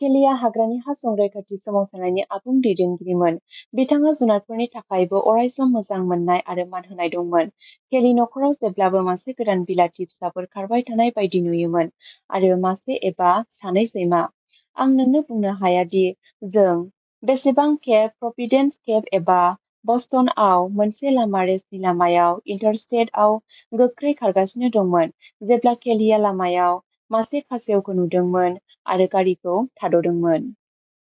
केलिआ हाग्रानि हा-संरैखाथि सोमावसारनायनि आबुं दैदेनगिरिमोन। बिथांहा जुनारफोरनि थाखायबो अरायसम मोजां मोननाय आरो मान होनाय दंमोन। केलि नख'राव जेब्लाबो मासे गोदान बिलाथि फिसाफोर खारबाय थानाय बायदि नुयोमोन, आरो मासे एबा सानै सैमा। आं नोंनो बुंनो हाया दि जों बेसेबां खेब प्रभिडेन्स, केप, एबा बस्टनआव मोनसे लामा रेसनि लामायाव इन्टारस्टेट आव गोख्रै खारगासिनो दंमोन, जेब्ला केलिआ लामायाव मासे खासेवखौ नुदोंमोन, आरो गारिखौ थाद'दोंमोन।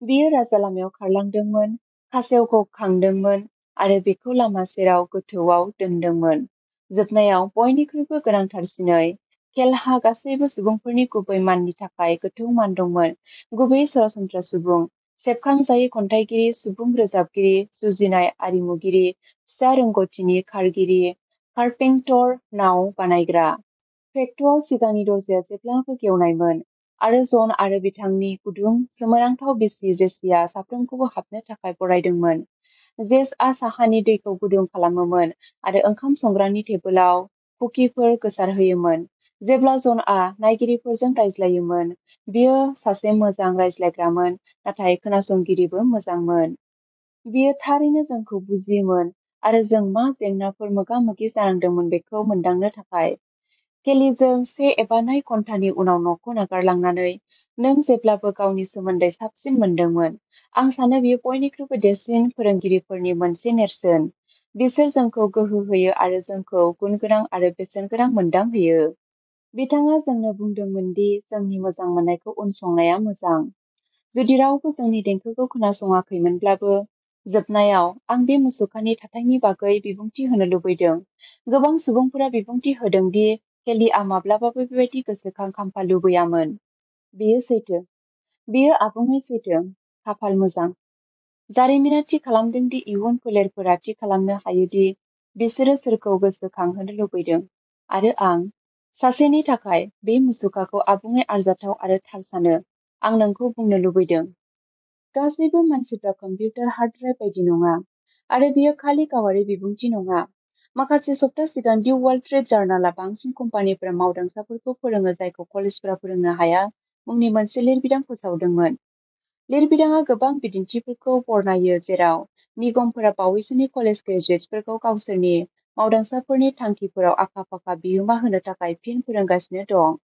बियो राजालामायाव खारलांदोंमोन, खासेवखौ खांदोंमोन, आरो बेखौ लामा सेराव गोथौआव दोन्दोंमोन। जोबनायाव, बयनिख्रुइबो गोनांथारसिनै, केलहा गासैबो सुबुंफोरनि गुबै माननि थाखाय गोथौ मान दंमोन, गुबैयै सरासनस्रा सुबुं, सेबखांजायै खन्थाइगिरि, सुबुं रोजाबगिरि, जुजिनाय आरिमुगिरि, फिसा रोंग'थिनि खारगिरि, कारपेंटर, नाव बानायग्रा। पेक'टआव सिगांनि दरजाया जेब्लाबो गेवनायमोन, आरो जन आरो बिथांनि गुदुं, सोमोनांथाव बिसि जेसिआ साफ्रोमखौबो हाबनो थाखाय बरायदोंमोन। जेसआ साहानि दैखौ गुदुं खालामोमोन, आरो ओंखाम संग्रानि टेबोलाव कुकिफोर गोसारहोयोमोन। जेब्ला जनआ नायगिरिफोरजों रायज्लायोमोन। बियो सासे मोजां रायज्लायग्रामोन, नाथाय खोनासंगिरिबो मोजांमोन। बियो थारैनो जोंखौ बुजियोमोन, आरो जों मा जेंनाफोर मोगा-मोगि जानांदोंमोन बेखौ मोनदांनो थाखाय। केलिजों से एबा नै घन्टानि उनाव न'खौ नागारलांनानै, नों जेब्लाबो गावनि सोमोन्दै साबसिन मोनदोंमोन। आं सानो बेयो बयनिख्रुइबो देरसिन फोरोंगिरिफोरनि मोनसे नेरसोन-- बिसोर जोंखौ गोहो होयो आरो जोंखौ गुनगोनां आरो बेसेनगोनां मोनदांहोयो। बिथाङा जोंनो बुंदोंमोन दि जोंनि मोजां मोननायखौ उनसंनाया मोजां, जुदि रावबो जोंनि देंखोखौ खोनासंआखैमोनब्लाबो। जोबनायाव, आं बे मुसुखानि थाथायनि बागै बिबुंथि होनो लुबैदों। गोबां सुबुंफोरा बिबुंथि होदों दि केलिआ माब्लाबाबो बेबादि गोसोखां खाम्फा लुबैयामोन। बेयो सैथो। बेयो आबुङै सैथो। खाफाल मोजां, जारिमिना थि खालामदों दि इयुन फोलेरफोरा थि खालामनो हायो दि बिसोरो सोरखौ गोसोखांहोनो लुबैदों। आरो आं, सासेनि थाखाय, बे मुसुखाखौ आबुङै आरजाथाव आरो थार सानो। आं नोंखौ बुंनो लुबैदों। गासैबो, मानसिफ्रा कम्पिउटार हार्ड ड्राइभ बायदि नङा। आरो बेयो खालि गावारि बिबुंथि नङा। माखासे सप्ता सिगां दि वाल स्ट्रिट जार्नाला "बांसिन कम्पानिफोरा मावदांसाफोरखौ फोरोङो जायखौ कलेजफोरा फोरोंनो हाया" मुंनि मोनसे लिरबिदां फोसावदोंमोन। लिरबिदांआ गोबां बिदिन्थिफोरखौ बरनायो जेराव निगमफोरा बावैसोनि कलेज ग्रेजुएट्सफोरखौ गावसोरनि मावदांसाफोरनि थांखिफोराव आखा-फाखा बिहोमा होनो थाखाय फिन फोरोंगासिनो दं।